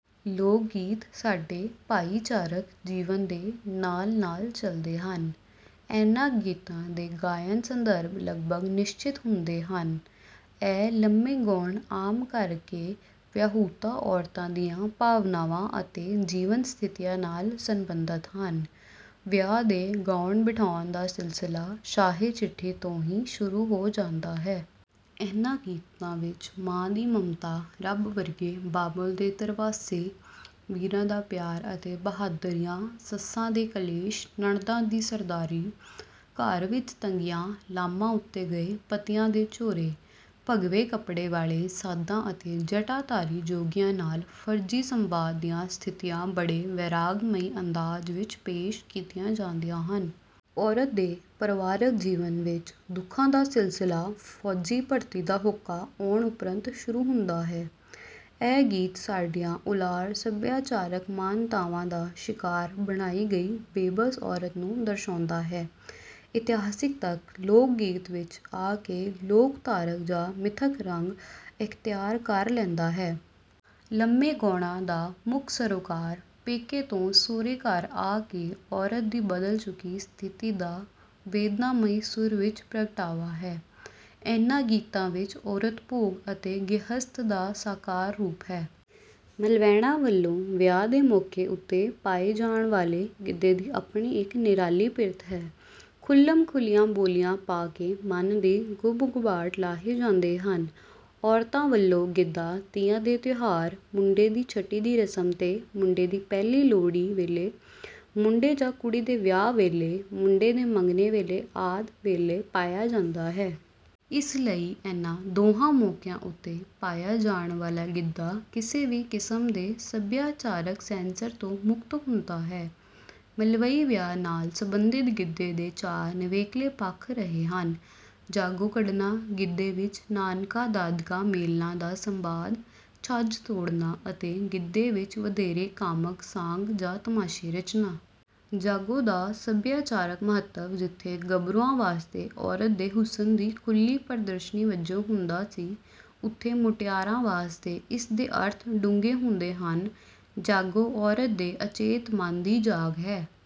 ਲੋਕਗੀਤ ਸਾਡੇ ਭਾਈਚਾਰਕ ਜੀਵਨ ਦੇ ਨਾਲ, ਨਾਲ ਚਲਦੇ ਹਨ। ਇਹਨਾਂ ਗੀਤਾਂ ਦੇ ਗਾਇਨ-ਸੰਦਰਭ ਲਗਭਗ ਨਿਸ਼ਚਿਤ ਹੁੰਦੇ ਹਨ। ਇਹ ਲੰਮੇ ਗੌਣ ਆਮ ਕਰਕੇ ਵਿਆਹੁਤਾ ਔਰਤ ਦੀਆਂ ਭਾਵਨਾਵਾਂ ਅਤੇ ਜੀਵਨ ਸਥਿਤੀਆਂ ਨਾਲ ਸੰਬੰਧਿਤ ਹਨ। ਵਿਆਹ ਦੇ ਗਾਉਣ ਬਿਠਾਉਣ ਦਾ ਸਿਲਸਿਲਾ 'ਸਾਹੇ ਚਿੱਠੀ' ਤੋਂ ਹੀ ਸ਼ੂਰੁ ਹੋ ਜਾਂਦਾ ਹੈ। ਇਹਨਾਂ ਗੀਤਾਂ ਵਿਚ ਮਾਂ ਦੀ ਮਮਤਾ, ਰੱਬ ਵਰਗੇ ਬਾਬਲ ਦੇ ਧਰਵਾਸੇ, ਵੀਰਾਂ ਦਾ ਪਿਆਰ ਅਤੇ ਬਹਾਦਰੀਆਂ, ਸੱਸਾਂ ਦੇ ਕਲੇਸ਼, ਨਣਦਾਂ ਦੀ ਸਰਦਾਰੀ, ਘਰ ਵਿਚ ਤੰਗੀਆਂ, ਲਾਮਾਂ ਉੱਤੇ ਗਏ ਪਤੀਆਂ ਦੇ ਝੋਰੇ, ਭਗਵੇਂ ਕੱਪੜਿਆਂ ਵਾਲੇ ਸਾਧਾਂ ਅਤੇ ਜਟਾਧਾਰੀ ਜੋਗੀਆਂ ਨਾਲ ਫਰਜ਼ੀ ਸੰਵਾਦ ਦੀਆਂ ਸਥਿਤੀਆਂ ਬੜੇ ਵੈਰਾਗਮਈ ਅੰਦਾਜ਼ ਵਿਚ ਪੇਸ਼ ਕੀਤੀਆਂ ਜਾਂਦੀਆਂ ਹਨ। ਔਰਤ ਦੇ ਪਰਿਵਾਰਕ ਜੀਵਨ ਵਿਚ ਦੁੱਖਾਂ ਦਾ ਸਿਲਸਿਲਾ ਫੌਜੀ ਭਰਤੀ ਦਾ ਹੋਕਾ ਆਉਣ ਉਪਰੰਤ ਸ਼ੁਰੂ ਹੁੰਦਾ ਹੈ। ਇਹ ਗੀਤ ਸਾਡੀਆਂ ਉਲਾਰ ਸਭਿਆਚਾਰਕ ਮਾਨਤਾਵਾਂ ਦਾ ਸ਼ਿਕਾਰ ਬਣਾਈ ਗਈ ਬੇਬਸ ਔਰਤ ਨੂੰ ਦਰਸਾਉਂਦਾ ਹੈ। ਇਤਿਹਾਸਕ ਤੱਥ ਲੋਕਗੀਤ ਵਿਚ ਆ ਕੇ ਲੋਕਧਾਰਕ ਜਾਂ ਮਿੱਥਕ ਰੰਗ ਅਖਤਿਆਰ ਕਰ ਲੈਂਦਾ ਹੈ। ਲੰਮੇ ਗੌਣਾਂ ਦਾ ਮੱਖ ਸਰੋਕਾਰ ਪੇਕੇ ਤੋਂ ਸੌਹਰੇ ਘਰ ਆ ਕੇ ਔਰਤ ਦੀ ਬਦਲ ਚੁੱਕੀ ਸਥਿਤੀ ਦਾ ਵੇਦਨਾਮਈ ਸੁਰ ਵਿਚ ਪ੍ਗਟਾਵਾ ਹੈ। ਇਹਨਾ ਗੀਤਾਂ ਵਿਚ ਔਰਤ ਭੋਗ ਅਤੇ ਗਹਿਸਤ ਦਾ ਸਾਕਾਰ ਰੂਪ ਹੈ। ਮਲਵੈਣਾਂ ਵੱਲੋਂ ਵਿਆਹ ਦੇ ਮੌਕੇ ਉੱਤੇ ਪਾਏ ਜਾਣ ਵਾਲੇ ਗਿੱਧੇ ਦੀ ਆਪਣੀ ਇਕ ਨਿਰਾਲੀ ਪਿਰਤ ਹੈ। ਖੁੱਲ੍ਹਮ ਖੁੱਲ੍ਹੀਆਂ ਬੋਲੀਆਂ ਪਾ ਕੇ ਮਨ ਦੇ ਗੁਭ ਗੁਭਾਟ ਲਾਹੇ ਜਾਂਦੇ ਹਨ। ਔਰਤਾਂ ਵੱਲੋਂ ਗਿੱਧਾ ਤੀਆਂ ਦੇ ਤਿਉਹਾਰ, ਮੁੰਡੇ ਦੀ ਛਟੀ ਦੀ ਰਸਮ ਤੇ, ਮੁੰਡੇ ਦੀ ਪਹਿਲੀ ਲੋਹੜੀ ਵੇਲੇ, ਮੁੰਡੇ ਜਾਂ ਕੁੜੀ ਦੇ ਵਿਆਹ ਵੇਲੇ, ਮੁੰਡੇ ਦੇ ਮੰਗਣੇ ਵੇਲੇ ਆਦਿ ਵੇਲੇ ਪਾਇਆ ਜਾਂਦਾ ਹੈ। ਇਸ ਲਈ ਇਨ੍ਹਾਂ ਦੋਹਾਂ ਮੌਕਿਆਂ ਉੱਤੇ ਪਾਇਆ ਜਾਣ ਵਾਲਾ ਗਿੱਧਾ ਕਿਸੇ ਵੀ ਕਿਸਮ ਦੇ ਸਭਿਆਚਾਰ ਸੈਂਸਰ ਤੋਂ ਮੁਕਤ ਹੁੰਦਾ ਹੈ। ਮਲਵਈ ਵਿਆਹ ਨਾਲ ਸੰਬੰਧਿਤ ਗਿੱਧੇ ਦੇ ਚਾਰ ਨਿਵੇਕਲੇ ਪੱਖ ਰਹੇ ਹਨ: ਜਾਗੋ ਕੱਢਣਾ, ਗਿੱਧੇ ਵਿਚ ਨਾਨਕਾ-ਦਾਦਕਾ ਮੇਲਣਾਂ ਦਾ ਸੰਵਾਦ, ਛੱਜ ਤੋੜਨਾ ਅਤੇ ਗਿੱਧੇ ਵਿਚ ਵਧੇਰੇ ਕਾਮਕ ਸਾਂਗ ਜਾਂ ਤਮਾਸ਼ੇ ਰਚਣਾ। ਜਾਗੋ ਦਾ ਸਭਿਆਚਾਰਕ ਮਹੱਤਵ ਜਿੱਥੇ ਗਭਰੂਆਂ ਵਾਸਤੇ ਔਰਤ ਦੇ ਹੁਸਨ ਦੀ ਖੁੱਲ੍ਹੀ ਪ੍ਦਰਸ਼ਨੀ ਵਜੋਂ ਹੁੰਦਾ ਸੀ ਉਥੇ ਮੁਟਿਆਰਾਂ ਵਾਸਤੇ ਇਸ ਦੇ ਅਰਥ ਡੂੰਘੇ ਹੁੰਦੇ ਹਨ। ਜਾਗੋ ਔਰਤ ਦੇ ਅਚੇਤ ਮਨ ਦੀ ਜਾਗ ਹੈ।